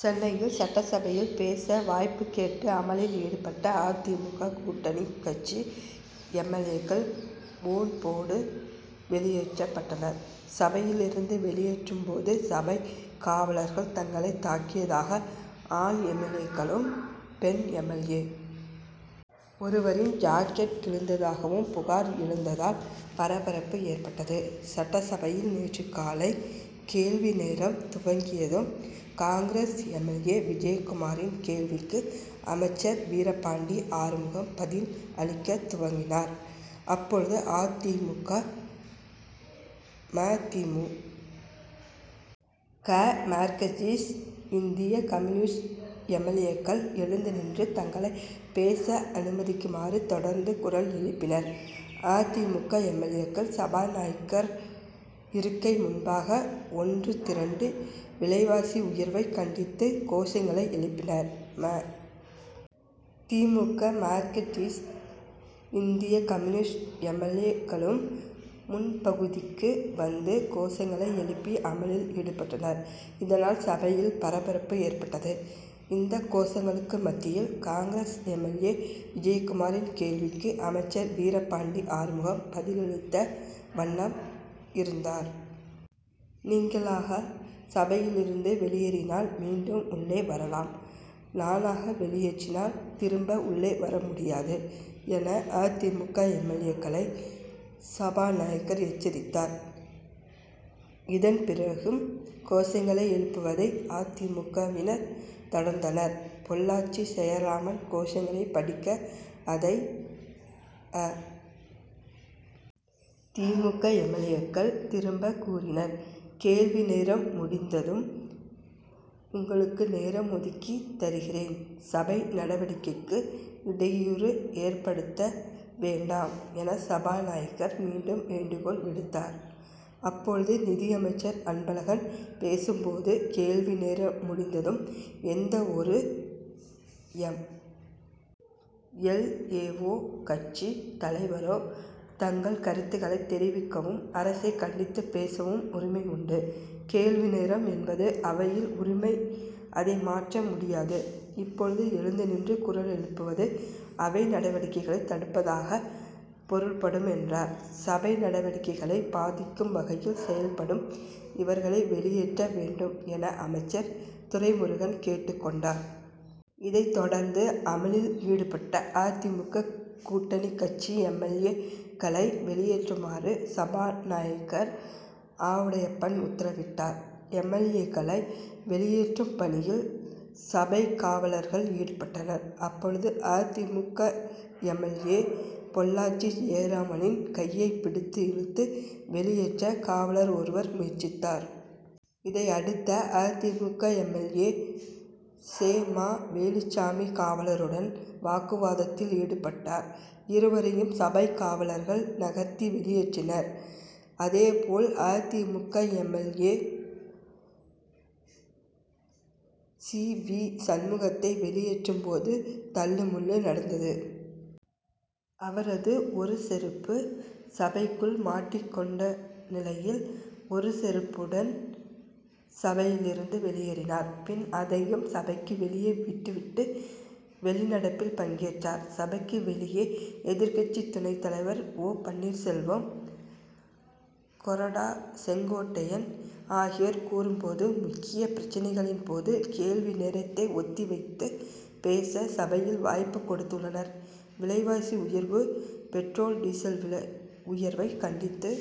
சென்னை சட்டசபையில் பேச வாய்ப்பு கேட்டு அமளியில் ஈடுபட்ட அ. தி. மு. க. கூட்டணிக் கட்சி எம். எல். ஏ.க்கள் கூண்டோடு வெளியேற்றப்பட்டனர். சபையில் இருந்து வெளியேற்றும்போது சபைக் காவலர்கள் தங்களை தாக்கியதாக ஆண் எல். எல். ஏ.க்களும் பெண் எம். எல். ஏ. ஒருவரின் ஜாக்கெட் கிழிந்ததாகவும் புகார் எழுந்ததால் பரபரப்பு ஏற்பட்டது. சட்டசபையில் நேற்று காலை கேள்வி நேரம் துவங்கியதும் காங்கிரஸ் எம். எல். ஏ. விஜயகுமாரின் கேள்விக்கு அமைச்சர் வீரபாண்டி ஆறுமுகம் பதில் அளிக்கத் துவங்கினார். அப்போது அ. தி. மு. க. ம. தி. மு. க. மார்க்கசிஸ்ட் இந்திய கம்யூனிஸ்ட் எம். எல். ஏ.க்கள் எழுந்து நின்று தங்களை பேச அனுமதிக்குமாறு தொடர்ந்து குரல் எழுப்பினர். அ. தி. மு. க. எம். எல். ஏ.க்கள் சபாநாயகர் இருக்கை முன்பாக ஒன்று திரண்டு விலைவாசி உயர்வைக் கண்டித்து கோஷங்களை எழுப்பினர். ம. தி. மு. க. மார்க்கதிஸ்ட் இந்திய கம்யூனிஸ்ட் எம். எல். ஏ.க்களும் முன்பகுதிக்கு வந்து கோஷங்களை எழுப்பி அமளியில் ஈடுபட்டனர். இதனால் சபையில் பரபரப்பு ஏற்பட்டது. இந்த கோஷங்களுக்கு மத்தியில் காங்கிரஸ் எம். எல். ஏ. விஜயகுமாரின் கேள்விக்கு அமைச்சர் வீரபாண்டி ஆறுமுகம் பதில் அளித்த வண்ணம் இருந்தார். நீங்களாக சபையில் இருந்து வெளியேறினால் மீண்டும் உள்ளே வரலாம். நானாக வெளியேற்றினால் திரும்ப உள்ளே வர முடியாது என அ. தி. மு. க. எம். எல். ஏ.க்களை சபாநாயகர் எச்சரித்தார். இதன் பிறகும் கோஷங்களை எழுப்புவதை அ. தி. மு. க.வினர் தொடர்ந்தனர். பொள்ளாச்சி ஜெயராமன் கோஷங்களை படிக்க அதை அ. தி. மு. க. எம். எல். ஏ.க்கள் திரும்ப கூறினர். கேள்வி நேரம் முடிந்ததும் உங்களுக்கு நேரம் ஒதுக்கித் தருகிறேன். சபை நடவடிக்கைக்கு இடையூறு ஏற்படுத்த வேண்டாம் என சபாநாயகர் மீண்டும் வேண்டுகோள் விடுத்தார். அப்போது நிதியமைச்சர் அன்பழகன் பேசும்போது கேள்வி நேரம் முடிந்ததும் எந்தவொரு எம். எல். ஏ.வோ கட்சித் தலைவரோ தங்கள் கருத்துகளை தெரிவிக்கவும் அரசை கண்டித்துப் பேசவும் உரிமை உண்டு. கேள்வி நேரம் என்பது அவையில் உரிமை. அதை மாற்ற முடியாது. இப்போது எழுந்து நின்று குரல் எழுப்புவது அவை நடவடிக்கைகளை தடுப்பதாக பொருள்படும் என்றார். சபை நடவடிக்கைகளை பாதிக்கும் வகையில் செயல்படும் இவர்களை வெளியேற்ற வேண்டும் என அமைச்சர் துரைமுருகன் கேட்டுக் கொண்டார். இதைத் தொடர்ந்து அமளியில் ஈடுபட்ட அ. தி. மு. க. கூட்டணிக் கட்சி எம். எல். ஏ.க்களை வெளியேற்றுமாறு சபாநாயகர் ஆவுடையப்பன் உத்தரவிட்டார். எம். எல். ஏ.க்களை வெளியேற்றும் பணியில் சபைக்காவலர்கள் ஈடுபட்டனர். அப்போது அ. தி. மு. க. எம். எல். ஏ. பொள்ளாச்சி ஜெயராமனின் கையைப் பிடித்து இழுத்து வெளியேற்ற காவலர் ஒருவர் முயற்சித்தார். இதை அடுத்த அ. தி. மு. க. எம். எல். ஏ. செ. ம. வேலுச்சாமி காவலருடன் வாக்குவாதத்தில் ஈடுபட்டார். இருவரையும் சபைக்காவலர்கள் நகர்த்தி வெளியேற்றினர். அதே போல் அ. தி. மு. க. M. L. A. C. V. சண்முகத்தை வெளியேற்றும்போது தள்ளுமுள்ளு நடந்தது. அவரது ஒரு செருப்பு சபைக்குள் மாட்டிக் கொண்ட நிலையில் ஒற்றை செருப்புடன் சபையில் இருந்து வெளியேறினார். பின் அதையும் சபைக்கு வெளியே விட்டு விட்டு வெளிநடப்பில் பங்கேற்றார். சபைக்கு வெளியே எதிர்க்கட்சி துணைத் தலைவர் ஓ. பன்னீர்செல்வம் கொறடா செங்கோட்டையன் ஆகியோர் கூறும்போது முக்கியப் பிரச்னைகளின் போது கேள்வி நேரத்தை ஒத்தி வைத்து பேச சபையில் வாய்ப்பு கொடுத்துள்ளனர். விலைவாசி உயர்வு பெட்ரோல் டீசல் விலை உயர்வைக் கண்டித்து